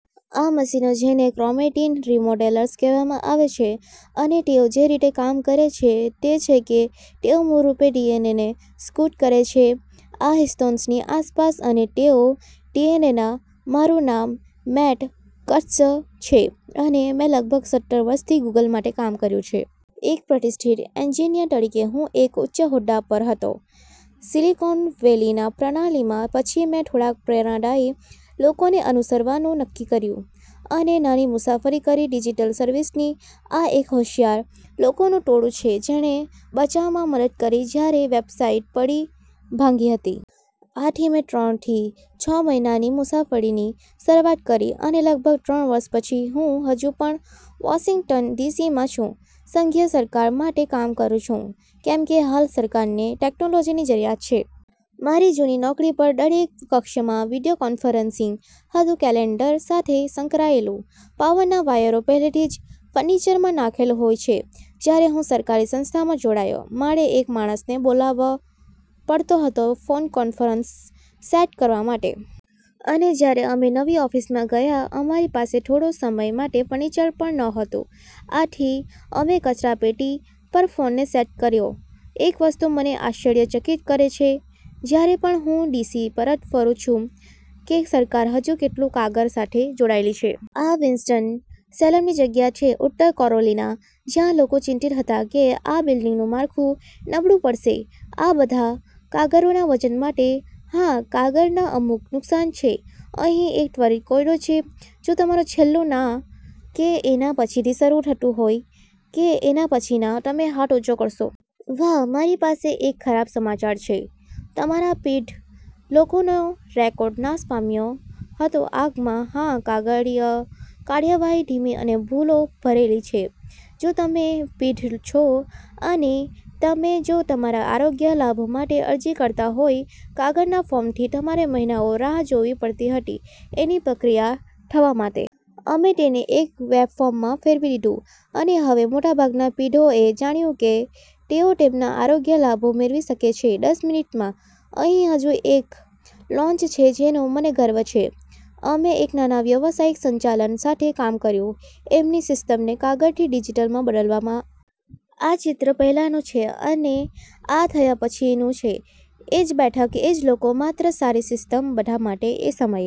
આ મશીનો જેને ક્રોમેટિન રિમોડેલર્સ કહેવામાં આવે છે, અને તેઓ જે રીતે કામ કરે છે તે છે કે તેઓ મૂળરૂપે ડીએનએને સ્કૂટ કરે છે આ હિસ્ટોન્સની આસપાસ અને તેઓ ડીએનએના। મારું નામ મેટ્ટ કટ્સ છે, અને મેં લગભગ સત્તર વર્ષથી ગુગલ માટે કામ કર્યું છે. એક પ્રતિષ્ઠિત એન્જીનીયર તરીકે, હું એક ઉચ્ચ હોદ્દા પર હતો સીલીકોન વેલીની પ્રણાલી માં. પછી મેં થોડાક પ્રેરણાદાયી લોકોને અનુસરવા નું નક્કી કર્યું અને નાની મુસાફરી કરી ડીજીટલ સર્વિસ ની. આ એક હોશિયાર લોકોનું ટોળું છે જેણે બચાવમાં મદદ કરી જયારે વેબસાઈટ પડી ભાંગી હતી. આથી મેં ત્રણ થી છ મહિના ની મુસાફરીની શરૂઆત કરી, અને લગભગ ત્રણ વર્ષ પછી, હું હજુ પણ વોશિંગ્ટન ડીસી માં છું, સંઘીય સરકાર માટે કામ કરું છું, કેમકે હાલ સરકાર ને ટેકનોલોજીની જરૂરીયાત છે. મારી જૂની નોકરી પર, દરેક કક્ષમાં વિડીયોકોન્ફરન્સીંગ હતું કેલેન્ડર સાથે સંકળાયેલુ, પાવરના વાયરો પેહલે થી જ ફર્નિચરમાં નાખેલું હોઈ છે. જયારે હું સરકારી સંસ્થામાં જોડાયો, મારે એક માણસ ને બોલાવવો પડતો હતો ફોન કોન્ફરન્સ સેટ કરવા માટે. અને જયારે અમે નવી ઓફીસ માં ગયા, અમારી પાસે થોડો સમય માટે ફર્નિચર પણ ન હતું, આથી અમે કચરા પેટી પર ફોન ને સેટ કર્યો. એક વસ્તુ મને આશ્ચર્યચકિત કરે છે, જયારે પણ હું ડીસી પરત ફરું છું, કે સરકાર હજુ કેટલું કાગળ સાથે જોડાયેલી છે. આ વિન્સ્ટન-સેલમ ની જગ્યા છે, ઉત્તર કોરોલીના, જ્યાં લોકો ચિંતિત હતા કે આ બિલ્ડીંગનું માળખું નબળું પડશે આ બધા કાગળોના વજન માટે. હા. કાગળના અમુક નુકસાન છે. અહી એક ત્વરિત કોયડો છે: જો તમારું છેલું નાં, કે એના પછીથી શરુ થતું હોય, કે એના પછીના, તમે હાથ ઉચો કરશો? વાહ. મારી પાસે એક ખરાબ સમાચાર છે: તમારા પીઢ લોકોનો રેકોર્ડ નાશ પામ્યો હતો આગ માં. હા, કાગળીય કાર્યવાહી ધીમી અને ભૂલો ભરેલી છે. જો તમે પીઢ છો અને તમે જો તમારા આરોગ્ય લાભો માટે અરજી કરતા હોય કાગળના ફોર્મ થી, તમારે મહિનાઓ રાહ જોવી પડતી હતી એની પ્રક્રિયા થવા માટે. અમે તેને એક વેબફોર્મ માં ફેરવી દીધું, અને હવે મોટાભાગના પીઢોએ જાણ્યું કે તેઓ તેમના આરોગ્ય લાભો મેળવી શકે છે દસ મિનીટમાં. અહી હજુ એક લોન્ચ છે જેનો મને ગર્વ છે. અમે એક નાના વ્યાવસાયિક સંચાલન સાથે કામ કર્યુ એમની સીસ્ટમને કાગળથી ડીજીટલ માં બદલવા માં. આ ચિત્ર પેહલાનું છે, અને આ થયા પછીનું છે. એજ બેઠક, એજ લોકો, માત્ર સારી સીસ્ટમ બધા માટે. એ સમયે,